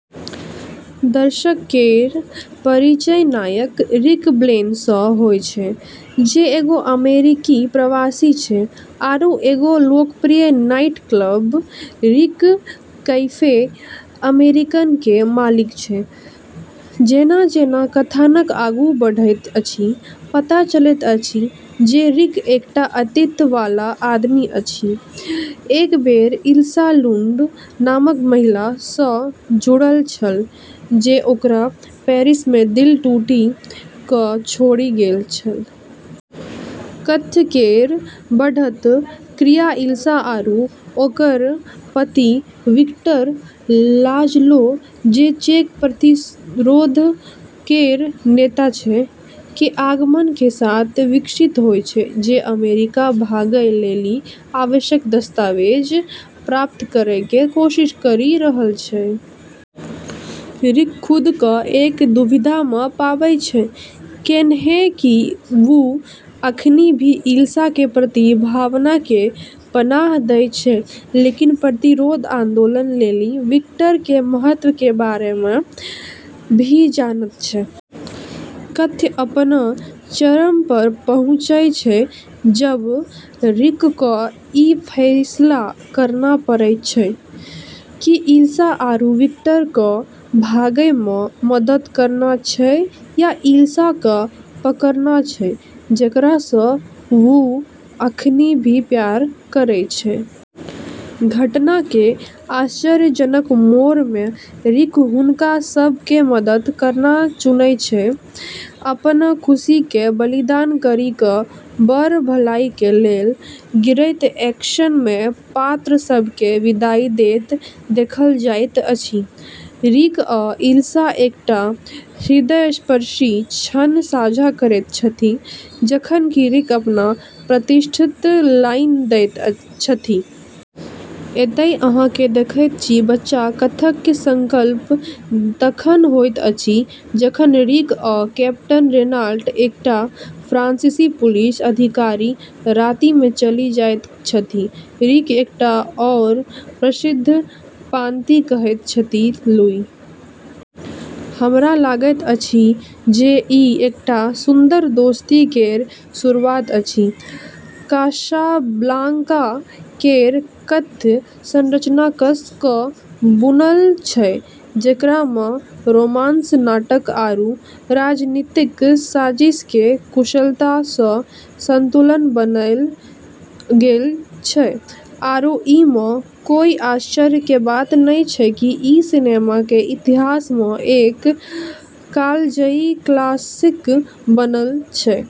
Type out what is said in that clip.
दर्शक केरऽ परिचय नायक रिक ब्लेन सऽ होय छै, जे एगो अमेरिकी प्रवासी छै आरू एगो लोकप्रिय night club, Rick cafe American के मालिक छै। जेना-जेना कथानक आगू बढ़ैत अछि, पता चलैत अछि जे रिक एकटा अतीत वाला आदमी अछि, एक बेर इल्सा लुंड नामक महिला सं जुड़ल छल, जे ओकरा पेरिस मे दिल टूटि कऽ छोड़ि गेल छल । कथ्य केरऽ बढ़तऽ क्रिया इल्सा आरू ओकरऽ पति विक्टर लाजलो, जे चेक प्रतिरोध केरऽ नेता छै, के आगमन के साथ विकसित होय छै, जे अमेरिका भागै लेली आवश्यक दस्तावेज प्राप्त करै के कोशिश करी रहलऽ छै। रिक खुद कऽ एक दुविधा मऽ पाबै छै, कैन्हेंकि वू अखनी भी इल्सा के प्रति भावना के पनाह दै छै, लेकिन प्रतिरोध आन्दोलन लेली विक्टर के महत्व के बारे मऽ भी जानत छै। कथ्य अपनऽ चरम पर पहुँचै छै जबऽ रिक कऽ ई फैसला करना पड़ै छै कि इल्सा आरू विक्टर कऽ भागै मऽ मदद करना छै, या इल्सा कऽ पकड़ना छै, जेकरा सऽ वू अखनी भी प्यार करै छै। घटना के आश्चर्यजनक मोड़ में रिक हुनका सब के मदद करना चुनै छै, अपनऽ खुशी के बलिदान करी कऽ बड़ऽ भलाई के लेलऽ। गिरैत एक्शन में पात्र सब के विदाई दैत देखल जाइत अछि, रिक आ इल्सा एकटा हृदयस्पर्शी क्षण साझा करैत छथि, जखन कि रिक अपन प्रतिष्ठित लाइन दैत छथि । एतय अहाँ के देखैत छी, बच्चा। कथ्यक संकल्प तखन होइत अछि जखन रिक आ कैप्टन रेनॉल्ट, एकटा फ्रांसीसी पुलिस अधिकारी, राति मे चलि जाइत छथि, रिक एकटा आओर प्रसिद्ध पाँति कहैत छथि ।लुई, हमरा लगैत अछि जे ई एकटा सुन्दर दोस्ती केर शुरुआत अछि। कासाब्लांका केरऽ कथ्य संरचना कस कऽ बुनलऽ छै, जेकरा मऽ रोमांस, नाटक आरू राजनीतिक साजिश के कुशलता सऽ संतुलन बनैलऽ गेलऽ छै, आरू ई मऽ कोय आश्चर्य के बात नै छै कि ई सिनेमा के इतिहास मऽ एक कालजयी क्लासिक बनलऽ छै।